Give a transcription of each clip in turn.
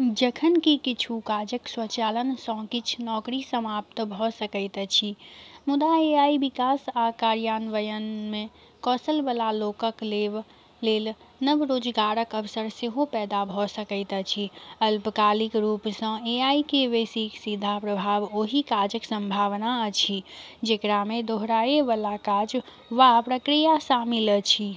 जखन कि किछु काजक स्वचालन सँ किछ नौकरी समाप्त भ’ सकैत अछि, मुदा एआई विकास आ कार्यान्वयनमे कौशल बला लोकक लेल नव रोजगारक अवसर सेहो पैदा भ’ सकैत अछि। अल्पकालिक रूप सँ एआईक बेसि सीधा प्रभाव ओहि काजक संभावना अछि, जेकरामे दोहराए बला काज वा प्रक्रिया शामिल अछि।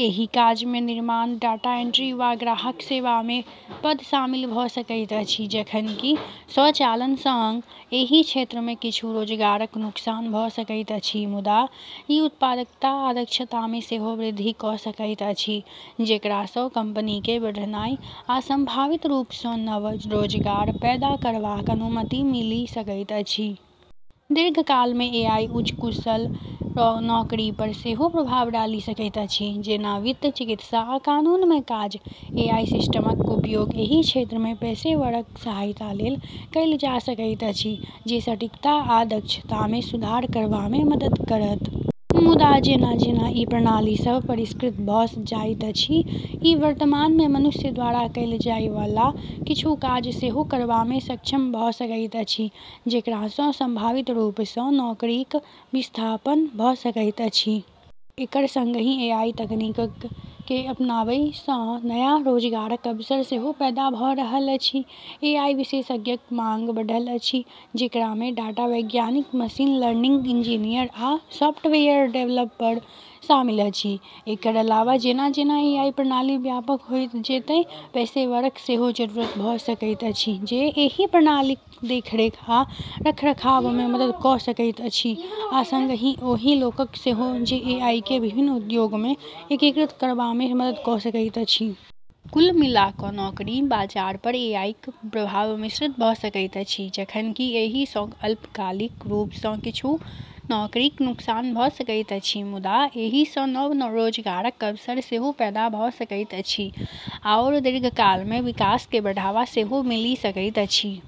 एहि काजमे निर्माण, डाटा एंट्री, वा ग्राहक सेवामे पद शामिल भ’ सकैत अछि। जखन कि स्वचालन सँ एहि क्षेत्रमे किछु रोजगारक नुकसान भ’ सकैत अछि, मुदा ई उत्पादकता आ दक्षतामे सेहो वृद्धि क’ सकैत अछि, जेकरा सँ कंपनीकेँ बढ़नाइ आ संभावित रूप सँ नव रोजगार पैदा करबाक अनुमति मिलि सकैत अछि। दीर्घकालमे एआई उच्च कुशल नौकरी पर सेहो प्रभाव डालि सकैत अछि, जेना वित्त, चिकित्सा, आ कानूनमे काज। एआई सिस्टमक उपयोग एहि क्षेत्रमे पेशेवरक सहायता लेल कएल जा सकैत अछि, जे सटीकता आ दक्षतामे सुधार करबामे मदद करत। मुदा, जेना-जेना ई प्रणाली सभ परिष्कृत भ’ जाइत अछि, ई वर्तमानमे मनुष्य द्वारा कएल जाय बला किछु काज सेहो करबामे सक्षम भ’ सकैत अछि, जेकरा सँ संभावित रूप सँ नौकरीक विस्थापन भ’ सकैत अछि। एकर संगहि एआई तकनीककेँ अपनाबै सँ नया रोजगारक अवसर सेहो पैदा भ’ रहल अछि। एआई विशेषज्ञक मांग बढ़ल अछि, जेकरामे डाटा वैज्ञानिक, मशीन लर्निंग इंजीनियर, आ सॉफ्टवेयर डेवलपर शामिल अछि। एकर अलावा, जेना-जेना एआई प्रणाली व्यापक होइत जेतै, पेशेवरक सेहो जरूरत भ’ सकैत अछि जे एहि प्रणालीक देखरेख आ रखरखावमे मदद क’ सकैत अछि, आ संगहि ओहि लोकक सेहो जे एआईकेँ विभिन्न उद्योगमे एकीकृत करबामे मदद क’ सकैत अछि। कुल मिला क’ नौकरी बाजार पर एआईक प्रभाव मिश्रित भ’ सकैत अछि। जखन कि एहि सँ अल्पकालिक रूप सँ किछु नौकरीक नुकसान भ’ सकैत अछि, मुदा एहि सँ नव रोजगारक अवसर सेहो पैदा भ’ सकैत अछि आओर दीर्घकालमे विकासकेँ बढ़ावा सेहो मिलि सकैत अछि।